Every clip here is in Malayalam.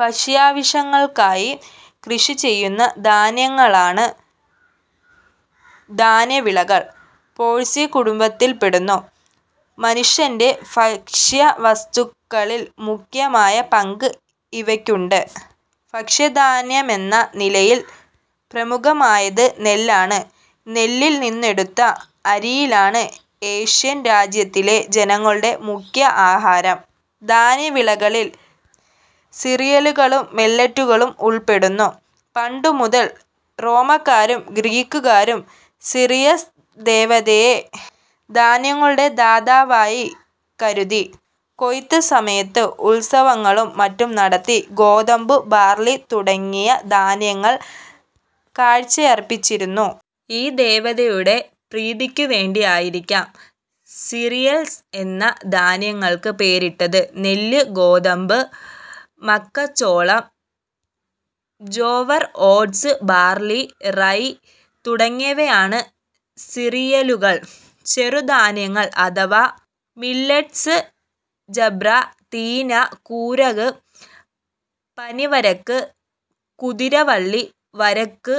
ഭക്ഷ്യാവശ്യങ്ങൾക്കായി കൃഷിചെയ്യുന്ന ധാന്യങ്ങളാണ് ധാന്യവിളകൾ. പോയേസീ കുടുംബത്തിൽപ്പെടുന്നു. മനുഷ്യന്റെ ഭക്ഷ്യവസ്തുക്കളിൽ മുഖ്യമായ പങ്ക് ഇവയ്ക്കുണ്ട്. ഭക്ഷ്യധാന്യമെന്ന നിലയിൽ പ്രമുഖമായത് നെല്ലാണ്. നെല്ലിൽ നിന്നെടുത്ത അരിയാണ് ഏഷ്യൻ രാജ്യങ്ങളിലെ ജനങ്ങളുടെ മുഖ്യ ആഹാരം. ധാന്യവിളകളിൽ സിറിയലുകളും മില്ലെറ്റുകളും ഉൾപ്പെടുന്നു. പണ്ടുമുതൽ റോമാക്കാരും ഗ്രീക്കുകാരും സിറിസ് ദേവതയെ ധാന്യങ്ങളുടെ ദാതാവായിക്കരുതി കൊയ്ത്തുസമയത്ത് ഉത്സവങ്ങളും മറ്റും നടത്തി ഗോതമ്പ്, ബാർലി തുടങ്ങിയ ധാന്യങ്ങൾ കാഴ്ചയർപ്പിച്ചിരുന്നു. ഈ ദേവതയുടെ പ്രീതിക്കുവേണ്ടിയായിരിക്കാം സിറിയൽസ് എന്ന് ധാന്യങ്ങൾക്ക് പേരിട്ടത്. നെല്ല്, ഗോതമ്പ്, മക്കച്ചോളം, ജോവർ, ഓട്സ്, ബാർലി, റൈ തുടങ്ങിയവയാണ് സിറിയലുകൾ. ചെറുധാന്യങ്ങൾ അഥവാ മില്ലെറ്റ്സ് ജബ്ര, തിന, കൂവരക്, പനിവരക്, കുതിരവള്ളി, വരക്,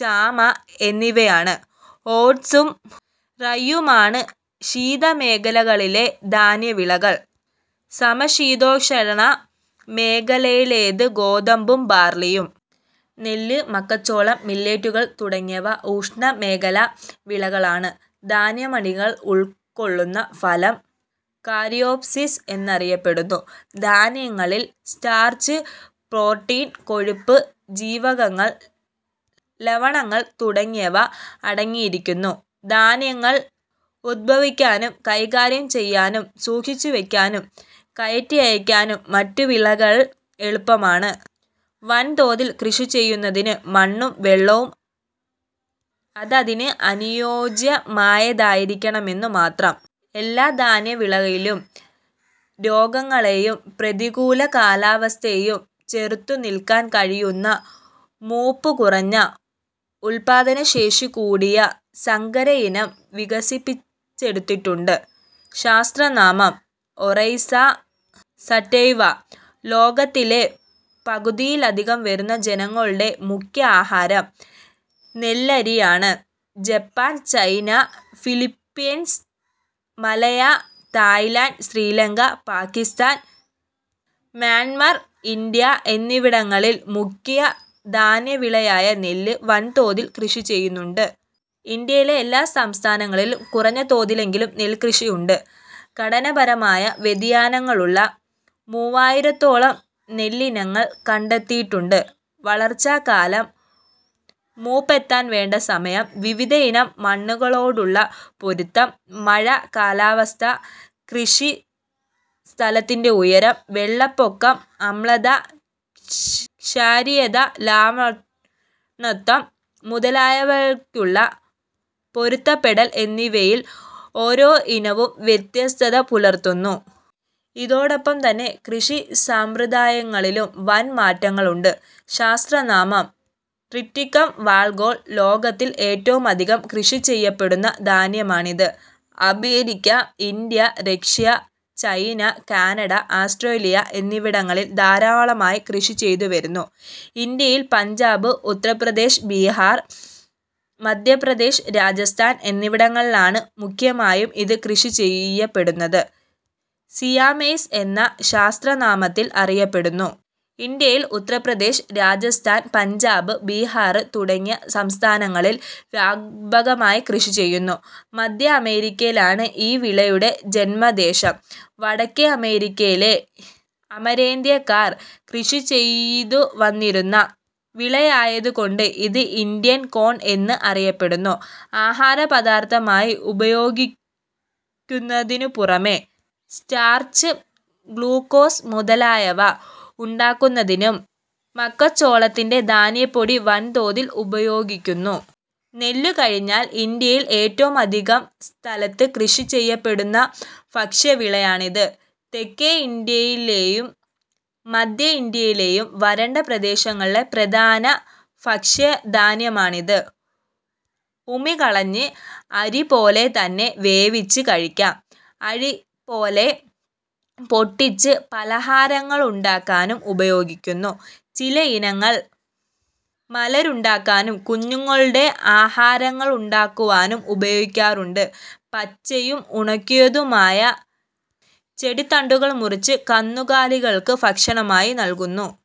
ചാമ എന്നിവയാണ്. ഓട്സും റൈയുമാണ് ശീതമേഖലകളിലെ ധാന്യവിളകൾ; സമശീതോഷ്ണ മേഖലയിലേത് ഗോതമ്പും ബാർലിയും. നെല്ല്, മക്കച്ചോളം, മില്ലെറ്റുകൾ തുടങ്ങിയവ ഉഷ്ണമേഖലാ വിളകളാണ്. ധാന്യമണികൾ ഉൾക്കൊള്ളുന്ന ഫലം കാരിയോപ് സിസ് എന്നറിയപ്പെടുന്നു. ധാന്യങ്ങളിൽ സ്റ്റാർച്ച്, പ്രോട്ടീൻ, കൊഴുപ്പ്, ജീവകങ്ങൾ, ലവണങ്ങൾ തുടങ്ങിയവ അടങ്ങിയിരിക്കുന്നു. ധാന്യങ്ങൾ ഉത്ഭാവിക്കാനും കൈകാര്യം ചെയ്യാനും സൂക്ഷിച്ചുവയ്ക്കാനും കയറ്റി അയയ്ക്കാനും മറ്റു വിളകൾ എളുപ്പമാണ്. വൻതോതിൽ കൃഷിചെയ്യുന്നതിന് മണ്ണും വെള്ളവും അതതിന് അനുയോജ്യമായതായിരിക്കണമെന്നു മാത്രം. എല്ലാ ധാന്യവിളകളിലും രോഗങ്ങളെയും പ്രതികൂല കാലാവസ്ഥയെയും ചെറുത്തു നില്ക്കാൻ കഴിയുന്ന മൂപ്പു കുറഞ്ഞ, ഉത്പാദനശേഷി കൂടിയ സങ്കരയിനം വികസിപ്പിച്ചെടുത്തിട്ടുണ്ട്. ശാസ്ത്രനാമം: ഒറൈസ സറ്റൈവ. ലോകത്തിലെ പകുതിയിലധികം വരുന്ന ജനങ്ങളുടെ മുഖ്യാഹാരം നെല്ലരിയാണ്. Japan, China, Philippines, Malaya, Thailand, Sri Lanka, Pakistan, Myanmar, India എന്നിവിടങ്ങളിൽ മുഖ്യ ധാന്യവിളയായ നെല്ല് വൻതോതിൽ കൃഷിചെയ്യുന്നുണ്ട്. ഇന്ത്യയിലെ എല്ലാ സംസ്ഥാനങ്ങളിലും കുറഞ്ഞ തോതിലെങ്കിലും നെൽക്കൃഷിയുണ്ട്. ഘടനാപരമായ വ്യതിയാനങ്ങളുള്ള മൂവായിരത്തോളം നെല്ലിനങ്ങൾ കണ്ടെത്തിയിട്ടുണ്ട്. വളർച്ചാകാലം; മൂപ്പെത്താൻ വേണ്ട സമയം; വിവിധയിനം മണ്ണുകളോടുള്ള പൊരുത്തം; മഴ, കാലാവസ്ഥ, കൃഷി സ്ഥലത്തിന്റെ ഉയരം, വെള്ളപ്പൊക്കം, അമ്ലത-ക്ഷാരീയത, ലവണത്വം മുതലായവക്കുള്ള പൊരുത്തപ്പെടൽ എന്നിവയിൽ ഓരോ ഇനവും വ്യത്യസ്തത പുലർത്തുന്നു. ഇതോടൊപ്പംതന്നെ കൃഷിസമ്പ്രദായങ്ങളിലും വൻ മാറ്റങ്ങളുണ്ട്. ശാസ്ത്രനാമം: ട്രിറ്റിക്കം വൾഗേർ. ലോകത്തിൽ ഏറ്റവുമധികം കൃഷിചെയ്യപ്പെടുന്ന ധാന്യമാണിത്. America, India, Russia, China, Canada, Australia എന്നിവിടങ്ങളിൽ ധാരാളമായി കൃഷിചെയ്തുവരുന്നു. ഇന്ത്യയിൽ പഞ്ചാബ്, ഉത്തർപ്രദേശ്, ബിഹാർ, മധ്യപ്രദേശ്, രാജസ്ഥാൻ എന്നിവിടങ്ങളിലാണ് മുഖ്യമായും ഇത് കൃഷി ചെയ്യപ്പെടുന്നത്. സിയാ മെയ്സ് എന്ന ശാസ്ത്രനാമത്തിൽ അറിയപ്പെടുന്നു. ഇന്ത്യയിൽ ഉത്തർപ്രദേശ്, രാജസ്ഥാൻ, പഞ്ചാബ്, ബിഹാർ തുടങ്ങിയ സംസ്ഥാനങ്ങളിൽ വ്യാപകമായി കൃഷിചെയ്യുന്നു. മധ്യ അമേരിക്കയിലാണ് ഈ വിളയുടെ ജന്മദേശം. വടക്കേ അമേരിക്കയിലെ അമേരിന്ത്യക്കാർ കൃഷിചെയ്തുവന്നിരുന്ന വിളയായതുകൊണ്ട് ഇത് ഇന്ത്യൻ കോൺ എന്നും അറിയപ്പെടുന്നു. ആഹാരപദാർഥമായി ഉപയോഗിക്കുന്നതിനുപുറമേ സ്റ്റാർച്ച്, ഗ്ലൂക്കോസ് മുതലായവ ഉണ്ടാക്കുന്നതിനും മക്കച്ചോളത്തിന്റെ ധാന്യപ്പൊടി വൻതോതിൽ ഉപയോഗിക്കുന്നു. നെല്ല് കഴിഞ്ഞാൽ ഇന്ത്യയിൽ ഏറ്റവുമധികം സ്ഥലത്ത് കൃഷിചെയ്യപ്പെടുന്ന ഭക്ഷ്യവിളയാണിത്. തെക്കേ ഇന്ത്യയിലെയും മധ്യഇന്ത്യയിലെയും വരണ്ട പ്രദേശങ്ങളിലെ പ്രധാന ഭക്ഷ്യധാന്യമാണിത്. ഉമി കളഞ്ഞ് അരി പോലെതന്നെ വേവിച്ച് കഴിക്കാം. അരി പോലെ പൊട്ടിച്ച് പലഹാരങ്ങളുണ്ടാക്കാനും ഉപയോഗിക്കുന്നു. ചിലയിനങ്ങൾ മലര് ഉണ്ടാക്കാനും കുഞ്ഞുങ്ങളുടെ ആഹാരങ്ങളുണ്ടാക്കുവാനും ഉപയോഗിക്കാറുണ്ട്. പച്ചയും ഉണങ്ങിയതുമായ ചെടിത്തണ്ടുകൾ മുറിച്ച് കന്നുകാലികൾക്ക് ഭക്ഷണമായി നല്കുന്നു.